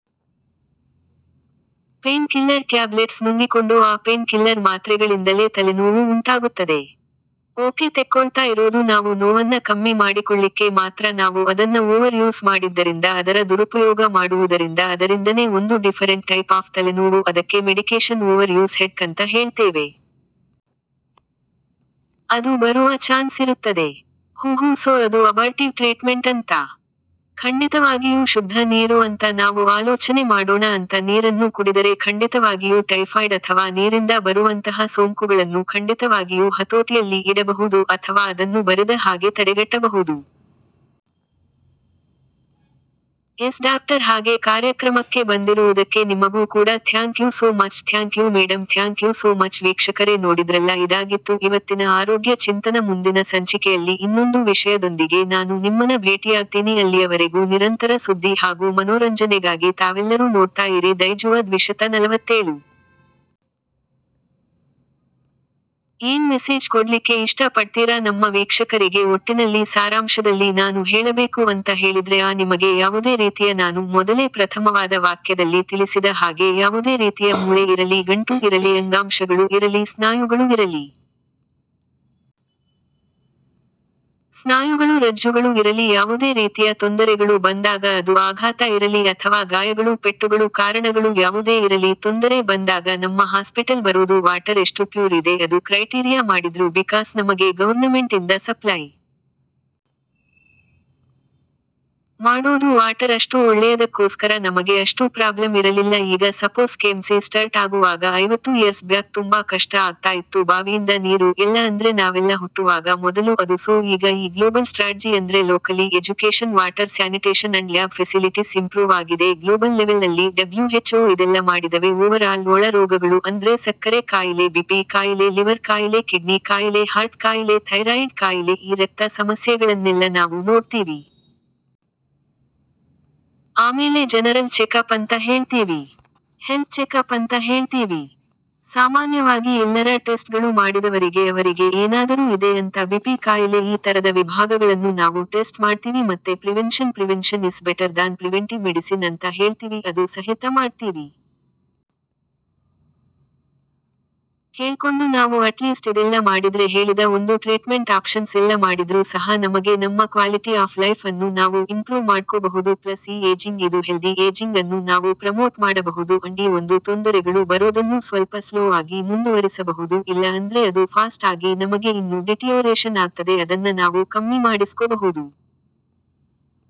Pain killer tablets ನುಂಗಿಕೊಂಡು ಆ painkiller ಮಾತ್ರೆಗಳಿಂದಲೇ ತಲೆನೋವು ಉಂಟಾಗುತ್ತದೆ. ಓಕೆ ತೆಕ್ಕೊಳ್ತಾ ಇರೋದು ನಾವು ನೋವನ್ನ ಕಮ್ಮಿ ಮಾಡಿಕೊಳ್ಳಿಕ್ಕೆ ಮಾತ್ರ ನಾವು ಅದನ್ನ ಓವರ್ ಯೂಸ್ ಮಾಡಿದ್ದರಿಂದ ಅದರ ದುರುಪಯೋಗ ಮಾಡುವುದರಿಂದ ಅದರಿಂದನೇ ಒಂದು ಡಿಫರೆಂಟ್ ಟೈಪ್ ಆಫ್ ತಲೆನೋವು ಅದಕ್ಕೆ ಮೆಡಿಕೇಶನ್ ಓವರ್ ಯೂಸ್ ಹೆಡ್ಕ್ ಅಂತ ಹೇಳ್ತೇವೆ. ಅದು ಬರುವ ಚಾನ್ಸ್ ಇರುತ್ತದೆ. ಹು ಹು ಸೊ ಅದು ಅಬಾರ್ಟಿವ್ ಟ್ರೀಟ್ಮೆಂಟ್ ಅಂತ. ಖಂಡಿತವಾಗಿಯೂ ಶುದ್ಧ ನೀರು ಅಂತ ನಾವು ಆಲೋಚನೆ ಮಾಡೋಣ ಅಂತ ನೀರನ್ನು ಕುಡಿದರೆ ಖಂಡಿತವಾಗಿಯೂ ಟೈಫಾಯ್ಡ್ ಅಥವಾ ನೀರಿಂದ ಬರುವಂತಹ ಸೋಂಕುಗಳನ್ನು ಖಂಡಿತವಾಗಿಯೂ ಹತೋಟಿಯಲ್ಲಿ ಇಡಬಹುದು ಅಥವಾ ಅದನ್ನು ಬರೆದ ಹಾಗೆ ತಡೆಗಟ್ಟಬಹುದು. ಎಸ್ ಡಾಕ್ಟರ್ ಹಾಗೆ ಕಾರ್ಯಕ್ರಮಕ್ಕೆ ಬಂದಿರುವುದಕ್ಕೆ ನಿಮಗೂ ಕೂಡ thank you so much thank you madam thank you so much ವೀಕ್ಷಕರೇ ನೋಡಿದ್ರಲ್ಲ ಇದಾಗಿತ್ತು ಇವತ್ತಿನ ಆರೋಗ್ಯ ಚಿಂತನ ಮುಂದಿನ ಸಂಚಿಕೆಯಲ್ಲಿ ಇನ್ನೊಂದು ವಿಷಯದೊಂದಿಗೆ ನಾನು ನಿಮ್ಮನ್ನ ಭೇಟಿಯಾಗ್ತೀನಿ ಅಲ್ಲಿಯವರೆಗೂ ನಿರಂತರ ಸುದ್ದಿ ಹಾಗೂ ಮನೋರಂಜನೆಗಾಗಿ ತಾವೆಲ್ಲರೂ ನೋಡ್ತಾ ಇರಿ ದೈಜುವ ದ್ವಿಶತ ನಲವತ್ತೇಳು. ಏನ್ ಮೆಸೇಜ್ ಕೊಡ್ಲಿಕ್ಕೆ ಇಷ್ಟ ಪಡ್ತೀರಾ ನಮ್ಮ ವೀಕ್ಷಕರಿಗೆ ಒಟ್ಟಿನಲ್ಲಿ ಸಾರಾಂಶದಲ್ಲಿ ನಾನು ಹೇಳಬೇಕು ಅಂತ ಹೇಳಿದ್ರೆ ಆ ನಿಮಗೆ ಯಾವುದೇ ರೀತಿಯ ನಾನು ಮೊದಲೇ ಪ್ರಥಮವಾದ ವಾಕ್ಯದಲ್ಲಿ ತಿಳಿಸಿದ ಹಾಗೆ ಯಾವುದೇ ರೀತಿಯ ಮೂಳೆ ಇರಲಿ ಗಂಟು ಇರಲಿ ಅಂಗಾಂಶಗಳು ಇರಲಿ ಸ್ನಾಯುಗಳು ಇರಲಿ ಸ್ನಾಯುಗಳು ರಜ್ಜುಗಳು ಇರಲಿ ಯಾವುದೇ ರೀತಿಯ ತೊಂದರೆಗಳು ಬಂದಾಗ ಅದು ಆಘಾತ ಇರಲಿ ಅಥವಾ ಗಾಯಗಳು ಪೆಟ್ಟುಗಳು ಕಾರಣಗಳು ಯಾವುದೇ ಇರಲಿ ತೊಂದರೆ ಬಂದಾಗ ನಮ್ಮ ಹಾಸ್ಪಿಟಲ್ ಬರೋದು ವಾಟರ್ ಎಷ್ಟು ಪ್ಯೂರ್ ಇದೆ ಅದು ಕ್ರೈಟೀರಿಯಾ ಮಾಡಿದ್ರು ಬಿಕಾಸ್ ನಮಗೆ ಗೌರ್ನಮೆಂಟ್ ಇಂದ ಸಪ್ಲೈ ಮಾಡೋದು ವಾಟರ್ ಅಷ್ಟು ಒಳ್ಳೆಯದಕ್ಕೋಸ್ಕರ ನಮಗೆ ಅಷ್ಟು ಪ್ರಾಬ್ಲಮ್ ಇರಲಿಲ್ಲ ಈಗ ಸಪೋಸ್ ಕೆಎಂಸಿ ಸ್ಟಾರ್ಟ್ ಆಗುವಾಗ ಐವತ್ತು ಇಯರ್ಸ್ ಬ್ಯಾಕ್ ತುಂಬಾ ಕಷ್ಟ ಆಗ್ತಾ ಇತ್ತು ಬಾವಿಯಿಂದ ನೀರು ಎಲ್ಲ ಅಂದ್ರೆ ನಾವೆಲ್ಲ ಹುಟ್ಟುವಾಗ ಮೊದಲು ಅದು ಸೋ ಈಗ ಈ ಗ್ಲೋಬಲ್ ಸ್ಟ್ರಾಟಜಿ ಅಂದ್ರೆ locally education water sanitation and lab facilities improve ಆಗಿದೆ ಗ್ಲೋಬಲ್ ಲೆವೆಲ್ ಅಲ್ಲಿ ಡಬ್ಲ್ಯೂ ಹೆಚ್ ಓ ಇದೆಲ್ಲ ಮಾಡಿದವೆ ಓವರ್ ಆಲ್ ಒಳ ರೋಗಗಳು ಅಂದ್ರೆ ಸಕ್ಕರೆ ಕಾಯಿಲೆ ಬಿಪಿ ಕಾಯಿಲೆ ಲಿವರ್ ಕಾಯಿಲೆ ಕಿಡ್ನಿ ಕಾಯಿಲೆ ಹಾರ್ಟ್ ಕಾಯಿಲೆ ಥೈರಾಯಿಡ್ ಕಾಯಿಲೆ ಈ ರಕ್ತ ಸಮಸ್ಯೆಗಳನ್ನೆಲ್ಲ ನಾವು ನೋಡ್ತೀವಿ. ಆಮೇಲೆ ಜನರಲ್ ಚೆಕ್ಅಪ್ ಅಂತ ಹೇಳ್ತೀವಿ. ಹೆಲ್ತ್ ಚೆಕ್ಅಪ್ ಅಂತ ಹೇಳ್ತೀವಿ. ಸಾಮಾನ್ಯವಾಗಿ ಎಲ್ಲರ ಟೆಸ್ಟ್ ಗಳು ಮಾಡಿದವರಿಗೆ ಅವರಿಗೆ ಏನಾದರೂ ಇದೆ ಅಂತ ಬಿಪಿ ಕಾಯಿಲೆ ಈ ತರದ ವಿಭಾಗಗಳನ್ನು ನಾವು ಟೆಸ್ಟ್ ಮಾಡ್ತೀವಿ ಮತ್ತೆ prevention prevention is better than preventive medicine ಅಂತ ಹೇಳ್ತಿವಿ ಅದು ಸಹಿತ ಮಾಡ್ತೀವಿ. ಕೇಳ್ಕೊಂಡು ನಾವು ಅಟ್ಲೀಸ್ಟ್ ಇದೆಲ್ಲ ಮಾಡಿದ್ರೆ ಹೇಳಿದ ಒಂದು ಟ್ರೀಟ್ಮೆಂಟ್ ಆಪ್ಷನ್ಸ್ ಎಲ್ಲ ಮಾಡಿದ್ರು ಸಹ ನಮಗೆ ನಮ್ಮ ಕ್ವಾಲಿಟಿ ಆಫ್ ಲೈಫ್ ಅನ್ನು ನಾವು ಇಂಪ್ರೂವ್ ಮಾಡ್ಕೋಬಹುದು ಪ್ಲಸ್ ಈ ಏಜಿಂಗ್ ಇದು ಹೆಲ್ದಿ ಏಜಿಂಗ್ ಅನ್ನು ನಾವು ಪ್ರಮೋಟ್ ಮಾಡಬಹುದು ಅಂಡ್ ಈ ಒಂದು ತೊಂದರೆಗಳು ಬರೋದನ್ನು ಸ್ವಲ್ಪ ಸ್ಲೋ ಆಗಿ ಮುಂದುವರಿಸಬಹುದು ಇಲ್ಲ ಅಂದ್ರೆ ಅದು ಫಾಸ್ಟ್ ಆಗಿ ನಮಗೆ ಇನ್ನು ಡಿಟಿಯೋರೇಷನ್ ಆಗ್ತದೆ ಅದನ್ನ ನಾವು ಕಮ್ಮಿ ಮಾಡಿಸ್ಕೊಬಹುದು.